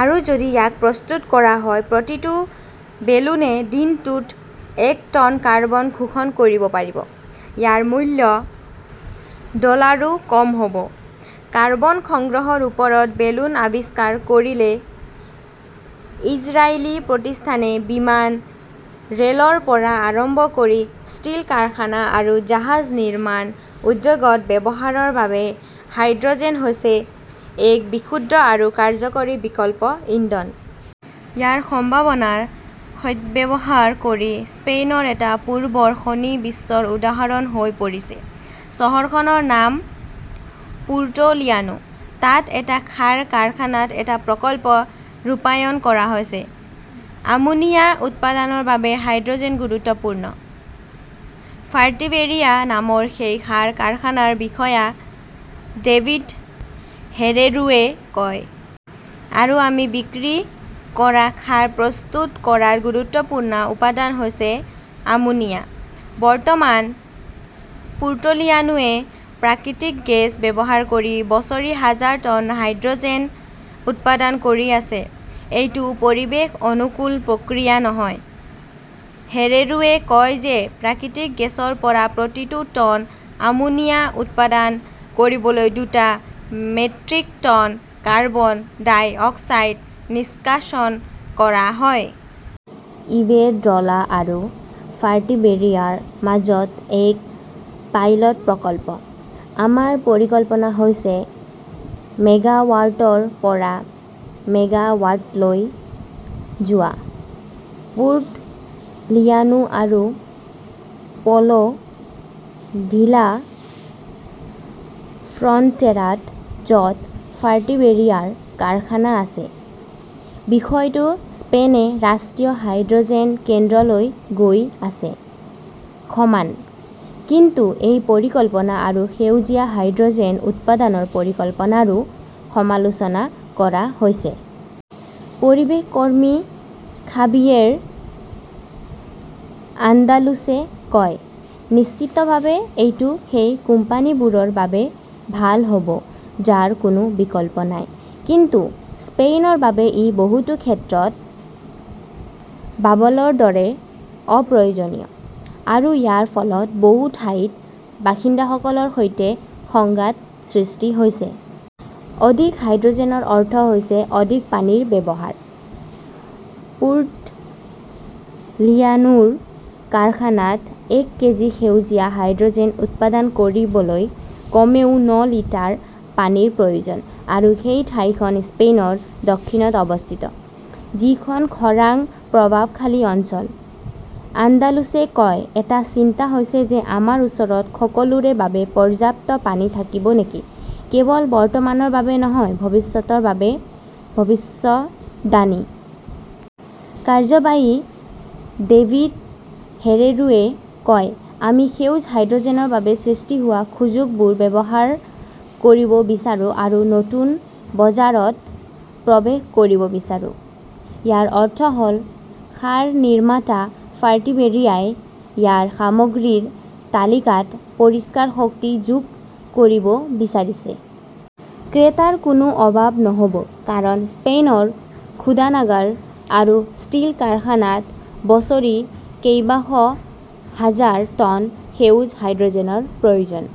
আৰু যদি ইয়াক প্ৰস্তুত কৰা হয়, প্ৰতিটো বেলুনে দিনটোত এক টন কাৰ্বন শোষণ কৰিব পাৰিব। ইয়াৰ মূল্য ডলাৰৰো কম হʼব। কাৰ্বন সংগ্ৰহৰ ওপৰত বেলুন আৱিষ্কাৰ কৰিলে ইজৰাইলী প্ৰতিষ্ঠানে বিমান, ৰেʼলৰ পৰা আৰম্ভ কৰি ষ্টীল কাৰখানা আৰু জাহাজ নিৰ্মাণ উদ্যোগত ব্যৱহাৰৰ বাবে হাইড্ৰʼজেন হৈছে এক বিশুদ্ধ আৰু কাৰ্যকৰী বিকল্প ইন্ধন। ইয়াৰ সম্ভাৱনাৰ সদ্ব্যৱহাৰ কৰি স্পেইনৰ এটা পূৰ্বৰ খনি বিশ্বৰ উদাহৰণ হৈ পৰিছে। চহৰখনৰ নাম পুৰ্টোলিয়ানো। তাত এটা সাৰ কাৰখানাত এটা প্ৰকল্প ৰূপায়ণ কৰা হৈছে। আমোনিয়া উৎপাদনৰ বাবে হাইড্ৰʼজেন গুৰুত্বপূৰ্ণ, ফাৰ্টিবেৰিয়া নামৰ সেই সাৰ কাৰখানাৰ বিষয়া ডেভিদ হেৰেৰোৱে কয়। আৰু আমি বিক্ৰী কৰা সাৰ প্ৰস্তুত কৰাৰ গুৰুত্বপূৰ্ণ উপাদান হৈছে আমোনিয়া। বৰ্তমান পুৰ্টোলিয়ানোৱে প্ৰাকৃতিক গেছ ব্যৱহাৰ কৰি বছৰি হাজাৰ টন হাইড্ৰʼজেন উৎপাদন কৰি আছে। এইটো পৰিৱেশ অনুকূল প্ৰক্ৰিয়া নহয়। হেৰেৰোৱে কয় যে প্ৰাকৃতিক গেছৰ পৰা প্ৰতি টন আমোনিয়া উৎপাদন কৰিবলৈ দুটা metric ton carbon dioxide নিষ্কাশন কৰা হয়। ইবেৰড্ৰʼলা আৰু ফাৰ্টিবেৰিয়াৰ মাজত এক পাইলট প্ৰকল্প। আমাৰ পৰিকল্পনা হৈছে মেগাৱাটৰ পৰা মেগাৱাটলৈ যোৱা পুৰ্ট লিয়ানো আৰু পʼলো ডিলা ফ্ৰণ্টেৰাত, যʼত ফাৰ্টিবেৰিয়াৰ কাৰখানা আছে, বিষয়টো স্পেনে ৰাষ্ট্ৰীয় হাইড্ৰʼজেন কেন্দ্ৰলৈ গৈ আছে। সমান। কিন্তু এই পৰিকল্পনা আৰু সেউজীয়া হাইড্ৰʼজেন উৎপাদনৰ পৰিকল্পনাৰো সমালোচনা কৰা হৈছে। পৰিৱেশ কৰ্মী খাবিয়েৰ আন্দালুছে কয়, নিশ্চিতভাৱে এইটো সেই কোম্পানীবোৰৰ বাবে ভাল হʼব, যাৰ কোনো বিকল্প নাই। কিন্তু স্পেইনৰ বাবে ই বহুতো ক্ষেত্ৰত বাবলৰ দৰে অপ্ৰয়োজনীয়। আৰু ইয়াৰ ফলত বহু ঠাইত বাসিন্দাসকলৰ সৈতে সংঘাতৰ সৃষ্টি হৈছে। অধিক হাইড্ৰʼজেনৰ অৰ্থ হৈছে অধিক পানীৰ ব্যৱহাৰ। পুৰ্টʼ লিয়ানোৰ কাৰখানাত এক কেজি সেউজীয়া হাইড্ৰʼজেন উৎপাদন কৰিবলৈ কমেও ন লিটাৰ পানীৰ প্ৰয়োজন। আৰু সেই ঠাইখন স্পেইনৰ দক্ষিণত অৱস্থিত, যিখন খৰাং প্ৰভাৱশালী অঞ্চল, আন্দালুছে কয়, এটা চিন্তা হৈছে যে আমাৰ ওচৰত সকলোৰে বাবে পৰ্যাপ্ত পানী থাকিব নেকি-কেৱল বৰ্তমানৰ বাবে নহয়, ভৱিষ্যতৰ বাবে ভৱিষ্যদ্বাণী। কাৰ্যবাহী ডেভিদ হেৰেৰোৱে কয়, আমি সেউজ হাইড্ৰʼজেনৰ বাবে সৃষ্টি হোৱা সুযোগবোৰ ব্যৱহাৰ কৰিব বিচাৰো আৰু নতুন বজাৰত প্ৰৱেশ কৰিব বিচাৰো। ইয়াৰ অৰ্থ হʼল, সাৰ নিৰ্মাতা ফাৰ্টিবেৰিয়াই ইয়াৰ সামগ্ৰীৰ তালিকাত পৰিষ্কাৰ শক্তি যোগ কৰিব বিচাৰিছে। ক্ৰেতাৰ কোনো অভাৱ নহʼব কাৰণ স্পেইনৰ শোধনাগাৰ আৰু ষ্টীল কাৰখানাত বছৰি কেইবাশ হাজাৰ টন সেউজ হাইড্ৰʼজেনৰ প্ৰয়োজন।